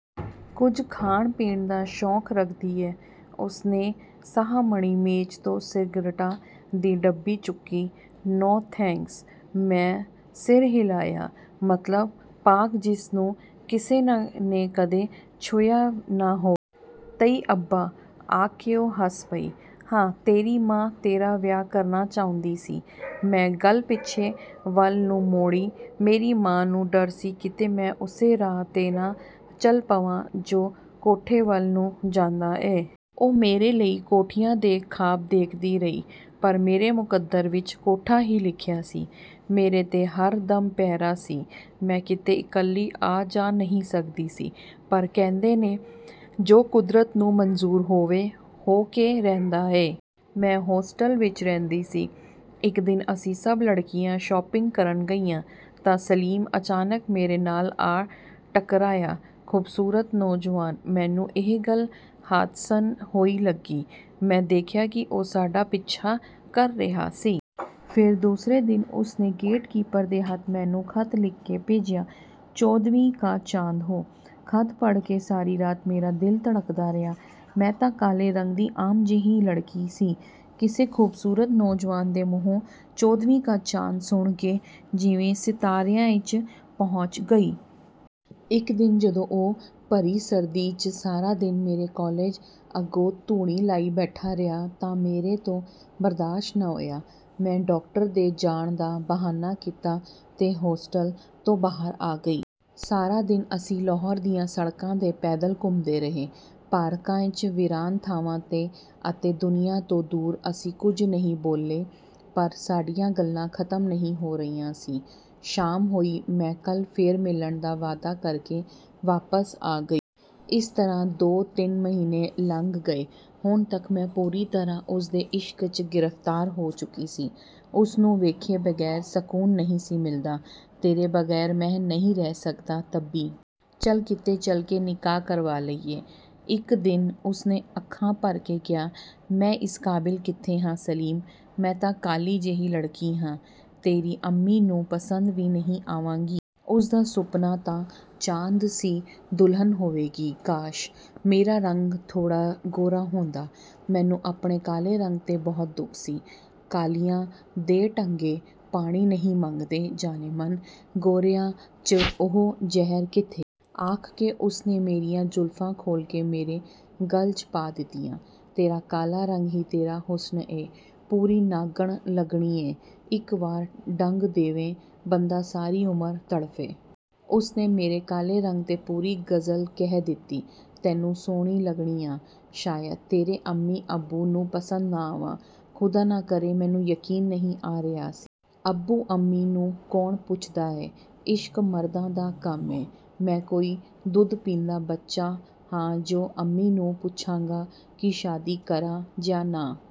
"ਕੁਝ ਖਾਣ ਪੀਣ ਦਾ ਸ਼ੌਕ ਰੱਖਦੀ ਏਂ? " ਉਸ ਨੇ ਸਾਹਮਣੀ ਮੇਜ਼ ਤੋਂ ਸਿਗਰਟਾਂ ਦੀ ਡੱਬੀ ਚੁੱਕੀ। "ਨੋ…. ਥੈਂਕਸ। " ਮੈਂ ਸਿਰ ਹਿਲਾਇਆ। ਮਤਲਬ ਪਾਕ ਜਿਸ ਨੂੰ ਕਿਸੇ ਨੇ ਕਦੇ ਛੁਹਿਆ ਨਾ ਹੋਵੇ। ਤਈਅਬਾ। " ਆਖ ਕੇ ਉਹ ਹੱਸ ਪਈ। "ਹਾਂ, ਤੇਰੀ ਮਾਂ ਤੇਰਾ ਵਿਆਹ ਕਰਨਾ ਚਾਹੁੰਦੀ ਸੀ। " ਮੈਂ ਗੱਲ ਪਿੱਛੇ ਵੱਲ ਨੂੰ ਮੋੜੀ। "ਮੇਰੀ ਮਾਂ ਨੂੰ ਡਰ ਸੀ ਕਿਤੇ ਮੈਂ ਉਸੇ ਰਾਹ 'ਤੇ ਨਾ ਚੱਲ ਪਵਾਂ ਜੋ ਕੋਠੇ ਵੱਲ ਨੂੰ ਜਾਂਦਾ ਏ। ਉਹ ਮੇਰੇ ਲਈ ਕੋਠੀਆਂ ਦੇ ਖਾਬ ਦੇਖਦੀ ਰਹੀ ਪਰ ਮੇਰੇ ਮੁਕੱਦਰ ਵਿਚ ਕੋਠਾ ਹੀ ਲਿਖਿਆ ਸੀ। ਮੇਰੇ 'ਤੇ ਹਰ ਦਮ ਪਹਿਰਾ ਸੀ। ਮੈਂ ਕਿਤੇ ਇਕੱਲੀ ਆ ਜਾ ਨਹੀਂ ਸਕਦੀ ਸੀ ਪਰ ਕਹਿੰਦੇ ਨੇ ਜੋ ਕੁਦਰਤ ਨੂੰ ਮੰਜ਼ੂਰ ਹੋਵੇ ਹੋ ਕੇ ਰਹਿੰਦਾ ਏ। ਮੈਂ ਹੋਸਟਲ ਵਿਚ ਰਹਿੰਦੀ ਸੀ। ਇੱਕ ਦਿਨ ਅਸੀਂ ਸਭ ਲੜਕੀਆਂ ਸ਼ਾਪਿੰਗ ਕਰਨ ਗਈਆਂ ਤਾਂ ਸਲੀਮ ਅਚਾਨਕ ਮੇਰੇ ਨਾਲ ਆ ਟਕਰਾਇਆ। ਖੂਬਸੂਰਤ ਨੌਜਵਾਨ। ਮੈਨੂੰ ਇਹ ਗੱਲ ਹਾਦਸਨ ਹੋਈ ਲੱਗੀ। ਮੈਂ ਦੇਖਿਆ ਕਿ ਉਹ ਸਾਡਾ ਪਿੱਛਾ ਕਰ ਰਿਹਾ ਸੀ। ਫੇਰ ਦੂਸਰੇ ਦਿਨ ਉਸ ਨੇ ਗੇਟਕੀਪਰ ਦੇ ਹੱਥ ਮੈਨੂੰ ਖ਼ਤ ਲਿਖ ਕੇ ਭੇਜਿਆ। "ਚੌਦਵੀਂ ਕਾ ਚਾਂਦ ਹੋ…। " ਖ਼ਤ ਪੜ੍ਹ ਕੇ ਸਾਰੀ ਰਾਤ ਮੇਰਾ ਦਿਲ ਧੜਕਦਾ ਰਿਹਾ। ਮੈਂ ਤਾਂ ਕਾਲੇ ਰੰਗ ਦੀ ਆਮ ਜਿਹੀ ਲੜਕੀ ਸੀ… ਕਿਸੇ ਖ਼ੂਬਸੂਰਤ ਨੌਜਵਾਨ ਦੇ ਮੂੰਹੋਂ 'ਚੌਦਵੀਂ ਕਾ ਚਾਂਦ' ਸੁਣ ਕੇ ਜਿਵੇਂ ਸਿਤਾਰਿਆਂ 'ਚ ਪਹੁੰਚ ਗਈ। ਇੱਕ ਦਿਨ ਜਦੋਂ ਉਹ ਭਰੀ ਸਰਦੀ 'ਚ ਸਾਰਾ ਦਿਨ ਮੇਰੇ ਕਾਲਜ ਅੱਗੋਂ ਧੂਣੀ ਲਾਈ ਬੈਠਾ ਰਿਹਾ ਤਾਂ ਮੇਰੇ ਤੋਂ ਬਰਦਾਸ਼ਤ ਨਾ ਹੋਇਆ। ਮੈਂ ਡਾਕਟਰ ਦੇ ਜਾਣ ਦਾ ਬਹਾਨਾ ਕੀਤਾ ਤੇ ਹੋਸਟਲ ਤੋਂ ਬਾਹਰ ਆ ਗਈ। ਸਾਰਾ ਦਿਨ ਅਸੀਂ ਲਾਹੌਰ ਦੀਆਂ ਸੜਕਾਂ 'ਤੇ ਪੈਦਲ ਘੁੰਮਦੇ ਰਹੇ। ਪਾਰਕਾਂ 'ਚ, ਵੀਰਾਨ ਥਾਵਾਂ 'ਤੇ ਅਤੇ ਦੁਨੀਆਂ ਤੋਂ ਦੂਰ। ਅਸੀਂ ਕੁਝ ਨਹੀਂ ਬੋਲੇ ਪਰ ਸਾਡੀਆਂ ਗੱਲਾਂ ਖ਼ਤਮ ਨਹੀਂ ਹੋ ਰਹੀਆਂ ਸੀ। ਸ਼ਾਮ ਹੋਈ ਮੈਂ 'ਕੱਲ੍ਹ ਫੇਰ ਮਿਲਣ' ਦਾ ਵਾਅਦਾ ਕਰ ਕੇ ਵਾਪਸ ਆ ਗਈ। ਇਸ ਤਰ੍ਹਾਂ ਦੋ ਤਿੰਨ ਮਹੀਨੇ ਲੰਘ ਗਏ। ਹੁਣ ਤੱਕ ਮੈਂ ਪੂਰੀ ਤਰ੍ਹਾਂ ਉਸ ਦੇ ਇਸ਼ਕ 'ਚ ਗ੍ਰਿਫਤਾਰ ਹੋ ਚੁੱਕੀ ਸੀ। ਉਸ ਨੂੰ ਵੇਖੇ ਬਗੈਰ ਸਕੂਨ ਨਹੀਂ ਸੀ ਮਿਲਦਾ। "ਤੇਰੇ ਬਗ਼ੈਰ ਮੈਂ ਨਹੀਂ ਰਹਿ ਸਕਦਾ ਤਬੀ। ਚੱਲ ਕਿਤੇ ਚੱਲ ਕੇ ਨਿਕਾਹ ਕਰਵਾ ਲਈਏ। " ਇੱਕ ਦਿਨ ਉਸ ਨੇ ਅੱਖਾਂ ਭਰ ਕੇ ਕਿਹਾ। "ਮੈਂ ਇਸ ਕਾਬਿਲ ਕਿਥੇ ਹਾਂ ਸਲੀਮ। ਮੈਂ ਤਾਂ ਕਾਲੀ ਜਿਹੀ ਲੜਕੀ ਹਾਂ, ਤੇਰੀ ਅੰਮੀ ਨੂੰ ਪਸੰਦ ਵੀ ਨਹੀਂ ਆਵਾਂਗੀ। ਉਸ ਦਾ ਸੁਪਨਾ ਤਾਂ ਚਾਂਦ ਸੀ ਦੁਲਹਨ ਹੋਵੇਗੀ। ਕਾਸ਼! ਮੇਰਾ ਰੰਗ ਥੋੜ੍ਹਾ ਗੋਰਾ ਹੁੰਦਾ। " ਮੈਨੂੰ ਆਪਣੇ ਕਾਲੇ ਰੰਗ 'ਤੇ ਬਹੁਤ ਦੁਖ ਸੀ। ਕਾਲਿਆਂ ਦੇ ਡੰਗੇ ਪਾਣੀ ਨਹੀਂ ਮੰਗਦੇ ਜਾਨੇਮਨ। ਗੋਰਿਆਂ 'ਚ ਉਹ ਜ਼ਹਿਰ ਕਿੱਥੇ! " ਆਖ ਕੇ ਉਸ ਨੇ ਮੇਰੀਆਂ ਜ਼ੁਲਫਾਂ ਖੋਲ੍ਹ ਕੇ ਮੇਰੇ ਗਲ਼ 'ਚ ਪਾ ਦਿੱਤੀਆਂ। "ਤੇਰਾ ਕਾਲਾ ਰੰਗ ਹੀ ਤੇਰਾ ਹੁਸਨ ਏ। ਪੂਰੀ ਨਾਗਣ ਲੱਗਣੀ ਏਂ, ਇੱਕ ਵਾਰ ਡੰਗ ਦੇਵੇਂ ਬੰਦਾ ਸਾਰੀ ਉਮਰ ਤੜਫੇ। " ਉਸ ਨੇ ਮੇਰੇ ਕਾਲੇ ਰੰਗ 'ਤੇ ਪੂਰੀ ਗਜ਼ਲ ਕਹਿ ਦਿੱਤੀ। "ਤੈਨੂੰ ਸੁਹਣੀ ਲੱਗਣੀ ਆਂ। ਸ਼ਾਇਦ ਤੇਰੇ ਅੰਮੀ ਅੱਬੂ ਨੂੰ ਪਸੰਦ ਨਾ ਆਵਾਂ, ਖੁਦਾ ਨਾ ਕਰੇ। " ਮੈਨੂੰ ਯਕੀਨ ਨਹੀਂ ਆ ਰਿਹਾ ਸੀ। "ਅੱਬੂ ਅੰਮੀ ਨੂੰ ਕੌਣ ਪੁੱਛਦਾ ਏ। ਇਸ਼ਕ ਮਰਦਾਂ ਦਾ ਕੰਮ ਏ। ਮੈਂ ਕੋਈ ਦੁੱਧ ਪੀਂਦਾ ਬੱਚਾ ਹਾਂ ਜੋ ਅੰਮੀ ਨੂੰ ਪੁੱਛਾਂਗਾ ਕਿ ਸ਼ਾਦੀ ਕਰਾਂ ਜਾਂ ਨਾ?